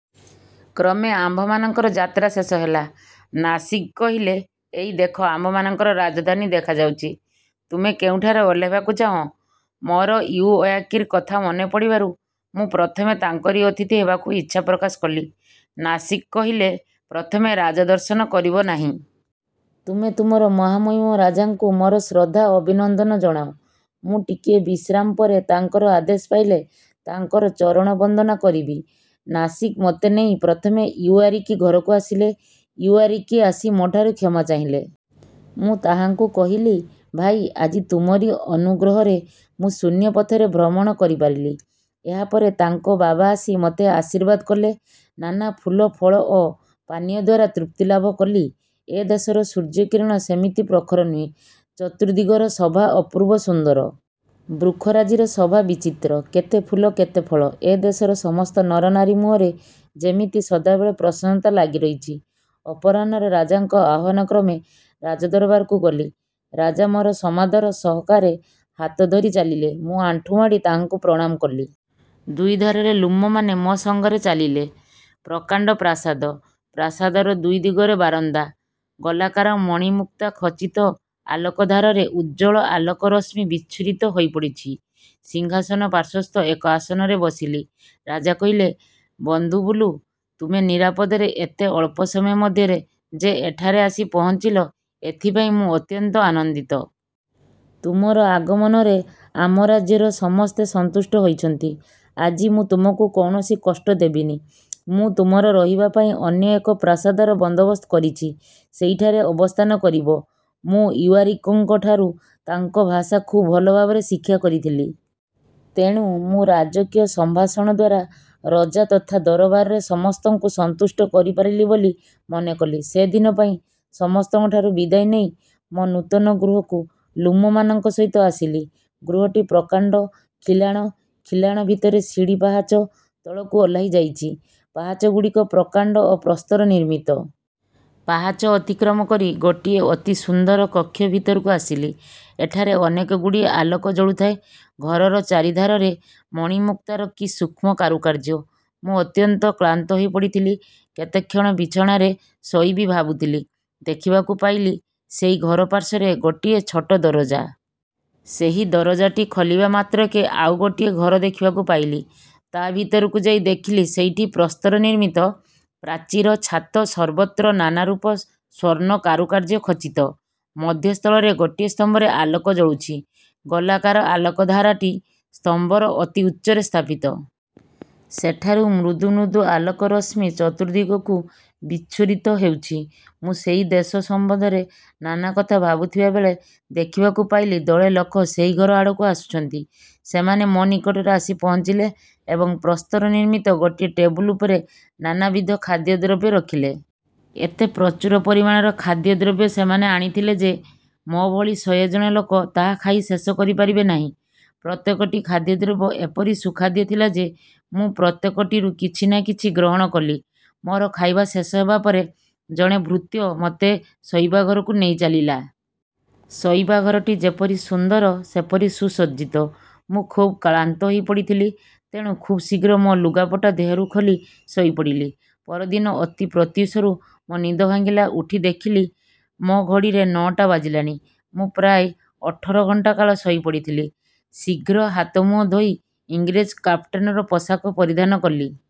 '' କ୍ରମେ ଆମ୍ଭମାନଙ୍କର ଯାତ୍ରା ଶେଷ ହେଲା। ନାସିଗ୍ କହିଲେ, ''ଏଇ ଦେଖ ଆମ୍ଭମାନଙ୍କ ରାଜଧାନୀ ଦେଖାଯାଉଛି। ତୁମେ କେଉଁଠାରେ ଓହ୍ଲାଇବାକୁ ଚାହଁ। '' ମୋର ଇଉଓୟାରକିର କଥା ମନେପଡ଼ିବାରୁ ମୁଁ ପ୍ରଥମେ ତାଙ୍କରି ଅତିଥି ହେବାକୁ ଇଚ୍ଛା ପ୍ରକାଶ କଲି। ନାସିଗ୍ କହିଲେ, ''ପ୍ରଥମେ ରାଜଦର୍ଶନ କରିବ ନାହିଁ? '' ତୁମେ ତୁମର ମହାମହିମ ରାଜାଙ୍କୁ ମୋର ଶ୍ରଦ୍ଧା ଓ ଅଭିନନ୍ଦନ ଜଣାଅ। ମୁଁ ଟିକିଏ ବିଶ୍ରାମ ପରେ ତାଙ୍କର ଆଦେଶ ପାଇଲେ ତାଙ୍କର ଚରଣ ବନ୍ଦନା କରିବି। ନାସିଗ୍ ମୋତେ ନେଇ ପ୍ରଥମେ ଇଉଓୟାରକି ଘରକୁ ଆସିଲେ। ଇଉଓୟାରକି ଆସି ମୋ'ଠାରୁ କ୍ଷମା ଚାହିଁଲେ। ମୁଁ ତାହାଙ୍କୁ କହିଲି, ''ଭାଇ, ଆଜ ତୁମରି ଅନୁଗ୍ରହରେ ମୁଁ ଶୂନ୍ୟପଥରେ ଭ୍ରମଣ କରିପାରିଲି। '' ଏହାପରେ ତାଙ୍କ ବାବା ଆସି ମୋତେ ଆଶୀର୍ବାଦ କଲେ। ନାନା ଫୁଲ, ଫଳ ଓ ପାନୀୟଦ୍ୱାରା ତୃପ୍ତିଲାଭ କଲି। ଏ ଦେଶର ସୂର୍ଯ୍ୟକିରଣ ସେମିତି ପ୍ରଖର ନୁହେଁ। ଚତୁର୍ଦ୍ଦିଗର ଶୋଭା ଅପୂର୍ବ ସୁନ୍ଦର। ବୃକ୍ଷରାଜିର ଶୋଭା ବିଚିତ୍ର, କେତେ ଫୁଲ କେତେ ଫଳ। ଏ ଦେଶର ସମସ୍ତ ନରନାରୀ ମୁହଁରେ ଯେମିତି ସଦାବେଳେ ପ୍ରସନ୍ନତା ଲାଗି ରହିଛି। ଅପରାହ୍ନରେ ରାଜାଙ୍କ ଆହ୍ୱାନ କ୍ରମେ ରାଜଦରବାରକୁ ଗଲି। ରାଜା ମୋର ସମାଦର ସହକାରେ ହାତ ଧରି ଚାଲିଲେ। ମୁଁ ଆଣ୍ଠୁମାଡ଼ି ତାହାଙ୍କୁ ପ୍ରଣାମ କଲି। ଦୁଇଧାରରେ ଲ୍ଲୁମମାନେ ମୋ ସଙ୍ଗରେ ଚାଲିଲେ। ପ୍ରକାଣ୍ଡ ପ୍ରାସାଦ। ପ୍ରାସାଦର ଦୁଇ ଦିଗରେ ବାରନ୍ଦା। ଗୋଲାକାର ମଣିମୁକ୍ତା ଖଚତି ଆଲୋକ ଧାରରେ ଉଜ୍ଜ୍ୱଳ ଆଲୋକ ରଶ୍ମି ବିଚ୍ଛୁରିତ ହୋଇପଡ଼ୁଛି। ସିଂହାସନ ପାର୍ଶ୍ୱସ୍ଥ ଏକ ଆସନରେ ବସିଲି। ରାଜା କହିଲେ, ''ବନ୍ଧୁ ବୁଲୁ! ତୁମେ ନିରାପଦରେ ଏତେ ଅଳ୍ପ ସମୟ ମଧ୍ୟରେ ଯେ ଏଠାରେ ଆସି ପହଞ୍ଚିଲ, ଏଥିପାଇଁ ମୁଁ ଅତ୍ୟନ୍ତ ଆନନ୍ଦିତ। ତୁମର ଆଗମନରେ ଆମ ରାଜ୍ୟର ସମସ୍ତେ ସନ୍ତୁଷ୍ଟ ହୋଇଛନ୍ତି। ଆଜି ମୁଁ ତୁମକୁ କୌଣସି କଷ୍ଟ ଦେବିନି। ମୁଁ ତୁମର ରହିବାପାଇଁ ଅନ୍ୟ ଏକ ପ୍ରାସାଦର ବନ୍ଦୋବସ୍ତ କରିଛି ସେହିଠାରେ ଅବସ୍ଥାନ କରିବ। ମୁଁ ଇଉଓୟାରକିଙ୍କ ଠାରୁ ତାଙ୍କ ଭାଷା ଖୁବ୍ ଭଲଭାବରେ ଶିକ୍ଷା କରିଥିଲି। ତେଣୁ ମୁଁ ରାଜକୀୟ ସମ୍ଭାଷଣଦ୍ୱାରା ରଜା ତଥା ଦରବାରରେ ସମସ୍ତଙ୍କୁ ସନ୍ତୁଷ୍ଟ କରିପାରିଲି ବୋଲି ମନେକଲି। ସେଦିନ ପାଇଁ ସମସ୍ତଙ୍କଠାରୁ ବିଦାୟ ନେଇ ମୋ ନୂତନ ଗୃହକୁ ଲ୍ଲୁମମାନଙ୍କ ସହିତ ଆସିଲି। ଗୃହଟି ପ୍ରକାଣ୍ଡ ଖିଲାଣ। ଖିଲାଣ ଭିତରେ ସିଡ଼ି ପାହାଚ ତଳକୁ ଓହ୍ଲାଇଯାଇଛି। ପାହାଚଗୁଡ଼ିକ ପ୍ରକାଣ୍ଡ ଓ ପ୍ରସ୍ତର ନିର୍ମିତ। ପାହାଚ ଅତିକ୍ରମ କରି ଗୋଟିଏ ଅତି ସୁନ୍ଦର କକ୍ଷ ଭିତରକୁ ଆସିଲି। ଏଠାରେ ଅନେକଗୁଡ଼ିଏ ଆଲୋକ ଜଳୁଥାଏ। ଘରର ଚାରିଧାରରେ ମଣିମୁକ୍ତାର କି ସୂକ୍ଷ୍ମ କାରୁକାର୍ଯ୍ୟ। ମୁଁ ଅତ୍ୟନ୍ତ କ୍ଳାନ୍ତ ହୋଇପଡ଼ିଥିଲି। କେତେକ୍ଷଣ ବିଛଣାରେ ଶୋଇ ବି ଭାବୁଥିଲି। ଦେଖିବାକୁ ପାଇଲି ସେହି ଘର ପାର୍ଶ୍ୱରେ ଗୋଟିଏ ଛୋଟ ଦରଜା। ସେହି ଦରଜାଟି ଖୋଲିବା ମାତ୍ରକେ ଆଉ ଗୋଟିଏ ଘର ଦେଖିବାକୁ ପାଇଲି। ତା' ଭିତରକୁ ଯାଇ ଦେଖିଲି, ସେହିଟି ପ୍ରସ୍ତର ନିର୍ମିତ। ପ୍ରାଚୀର, ଛାତ ସର୍ବତ୍ର ନାନାରୂପ ସ୍ୱର୍ଣ୍ଣ କାରୁକାର୍ଯ୍ୟ ଖଚିତ। ମଧ୍ୟସ୍ଥଳରେ ଗୋଟିଏ ସ୍ତମ୍ଭରେ ଆଲୋକ ଜଳୁଛି। ଗୋଲାକାର ଆଲୋକଧାରାଟି ସ୍ତମ୍ଭର ଅତି ଉଚ୍ଚରେ ସ୍ଥାପିତ। ସେଠାରୁ ମୃଦୁ ମୃଦୁ ଆଲୋକ ରଶ୍ମି ଚତୁର୍ଦ୍ଦିଗକୁ ବିଚ୍ଛୁରିତ ହେଉଛି। ମୁଁ ସେଇ ଦେଶ ସମ୍ବନ୍ଧରେ ନାନା କଥା ଭାବୁଥିବାବେଳେ ଦେଖିବାକୁ ପାଇଲି ଦଳେ ଲୋକ ସେହି ଘର ଆଡ଼କୁ ଆସୁଛନ୍ତି। ସେମାନେ ମୋ ନିକଟରେ ଆସି ପହଞ୍ଚିଲେ ଏବଂ ପ୍ରସ୍ତର ନିର୍ମିତ ଗୋଟିଏ ଟେବୁଲ ଉପରେ ନାନାବିଧ ଖାଦ୍ୟଦ୍ରବ୍ୟ ରଖିଲେ। ଏତେ ପ୍ରଚୁର ପରିମାଣର ଖାଦ୍ୟଦ୍ରବ୍ୟ ସେମାନେ ଆଣିଥିଲେ ଯେ, ମୋ'ଭଳି ଶହେ ଜଣ ଲୋକ ତାହା ଖାଇ ଶେଷ କରିପାରିବେ ନାହିଁ। ପ୍ରତ୍ୟେକଟି ଖାଦ୍ୟଦ୍ରବ୍ୟ ଏପରି ସୁଖାଦ୍ୟ ଥିଲା ଯେ, ମୁଁ ପ୍ରତ୍ୟେକଟିରୁ କିଛି ନାନା କିଛି ଗ୍ରହଣ କଲି। ମୋର ଖାଇବା ଶେଷ ହେବା ପରେ ଜଣେ ଭୃତ୍ୟ ମୋତେ ଶୋଇବା ଘରକୁ ନେଇଚାଲିଲା। ଶୋଇବା ଘରଟି ଯେପରି ସୁନ୍ଦର ସେପରି ସୁସଜ୍ଜିତ। ମୁଁ ଖୁବ୍ କ୍ଳାନ୍ତ ହୋଇପଡ଼ିଥିଲି। ତେଣୁ ଖୁବ୍ ଶୀଘ୍ର ମୋ ଲୁଗାପଟା ଦେହରୁ ଖୋଲି ଶୋଇପଡ଼ିଲି। ପରଦିନ ଅତି ପ୍ରତ୍ୟୁଷରୁ ମୋ ନିଦ ଭାଙ୍ଗିଲା। ଉଠି ଦେଖିଲି, ମୋ ଘଡ଼ିରେ ନଅଟା ବାଜିଲାଣି। ମୁଁ ପ୍ରାୟ ଅଠର ଘଣ୍ଟା କାଳ ଶୋଇପଡ଼ିଥିଲି। ଶୀଘ୍ର ହାତ ମୁହଁ ଧୋଇ ଇଂରେଜ କାପ୍ଟେନର ପୋଷାକ ପରିଧାନ କଲି।